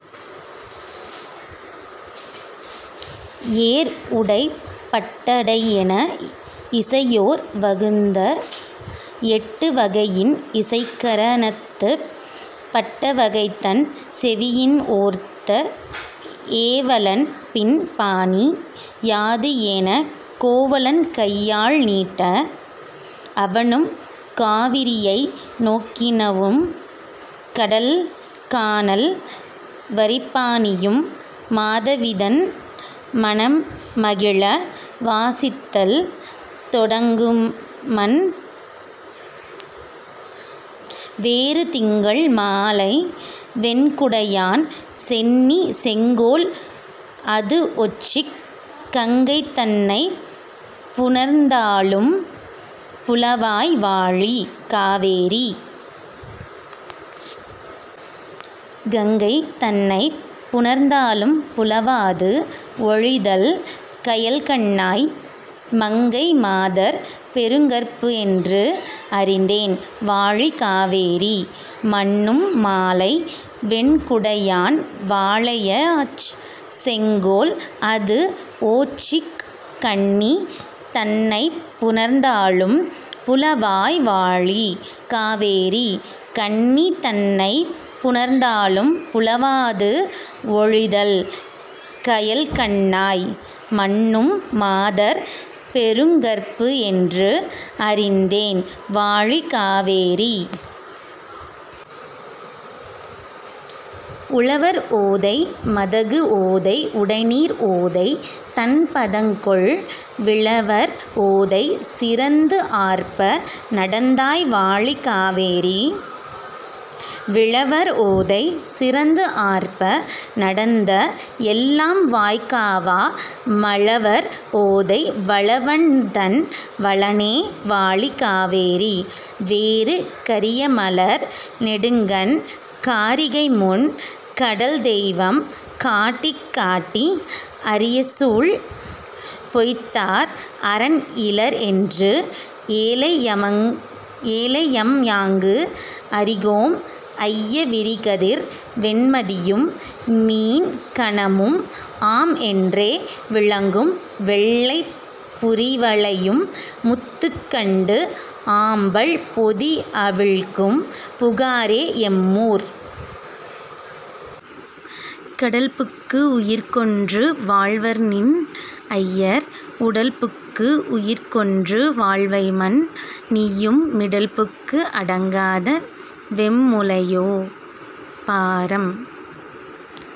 ஏர்உடைப் பட்டடைஎன இசையோர் வகுந்த எட்டு வகையின் இசைக்கர ணத்துப் பட்டவகைதன் செவியின்ஓர்த் ஏவலன், பின் பாணி யாதுஎனக் கோவலன் கையாழ் நீட்ட, அவனும் காவிரியை நோக்கினவும் கடல்கானல் வரிப்பாணியும் மாதவிதன் மனம்மகிழ வாசித்தல் தொடங்குமன். வேறு திங்கள் மாலை வெண்குடையான் சென்னி செங்கோல் அதுஒச்சிக் கங்கை தன்னைப் புணர்ந்தாலும் புலவாய் வாழி காவேரி. கங்கை தன்னைப் புணர்ந்தாலும் புலவாது ஒழிதல் கயல்கண்ணாய். மங்கை மாதர் பெருங்கற்புஎன்று அறிந்தேன் வாழி காவேரி. மன்னும் மாலை வெண்குடையான் வாளையாச் செங்கோல் அதுஓச்சிக் கன்னி தன்னைப் புணர்ந்தாலும் புலவாய் வாழி காவேரி. கன்னி தன்னைப் புணர்ந்தாலும் புலவாது ஒழிதல் கயல்கண்ணாய். மன்னும் மாதர் பெருங்கற்புஎன்று அறிந்தேன் வாழி காவேரி. உழவர் ஓதை மதகுஓதை உடைநீர் ஓதை தண்பதங்கொள் விழவர் ஓதை சிறந்துஆர்ப்ப நடந்தாய் வாழி காவேரி. விழவர் ஓதை சிறந்துஆர்ப்ப நடந்த எல்லாம் வாய்காவா மழவர் ஓதை வளவன்தன் வளனே வாழி காவேரி. வேறு கரியமலர் நெடுங்கண் காரிகைமுன் கடல்தெய்வம் காட்டிக் காட்டி அரியசூள் பொய்த்தார் அறன்இலர்என்று ஏழையம்யாங்கு அறிகோம் ஐய விரிகதிர் வெண்மதியும் மீன்கணமும் ஆம்என்றே விளங்கும் வெள்ளைப் புரிவளையும் முத்தும்கண்டு ஆம்பல் பொதிஅவிழ்க்கும் புகாரே எம்மூர். கடல்புக்கு உயிர்க்கொன்று வாழ்வர்நின் ஐயர் உடல்புக்கு உயிர்க்கொன்று வாழ்வைமன் நீயும் மிடல்புக்கு அடங்காத வெம்முலையோ பாரம்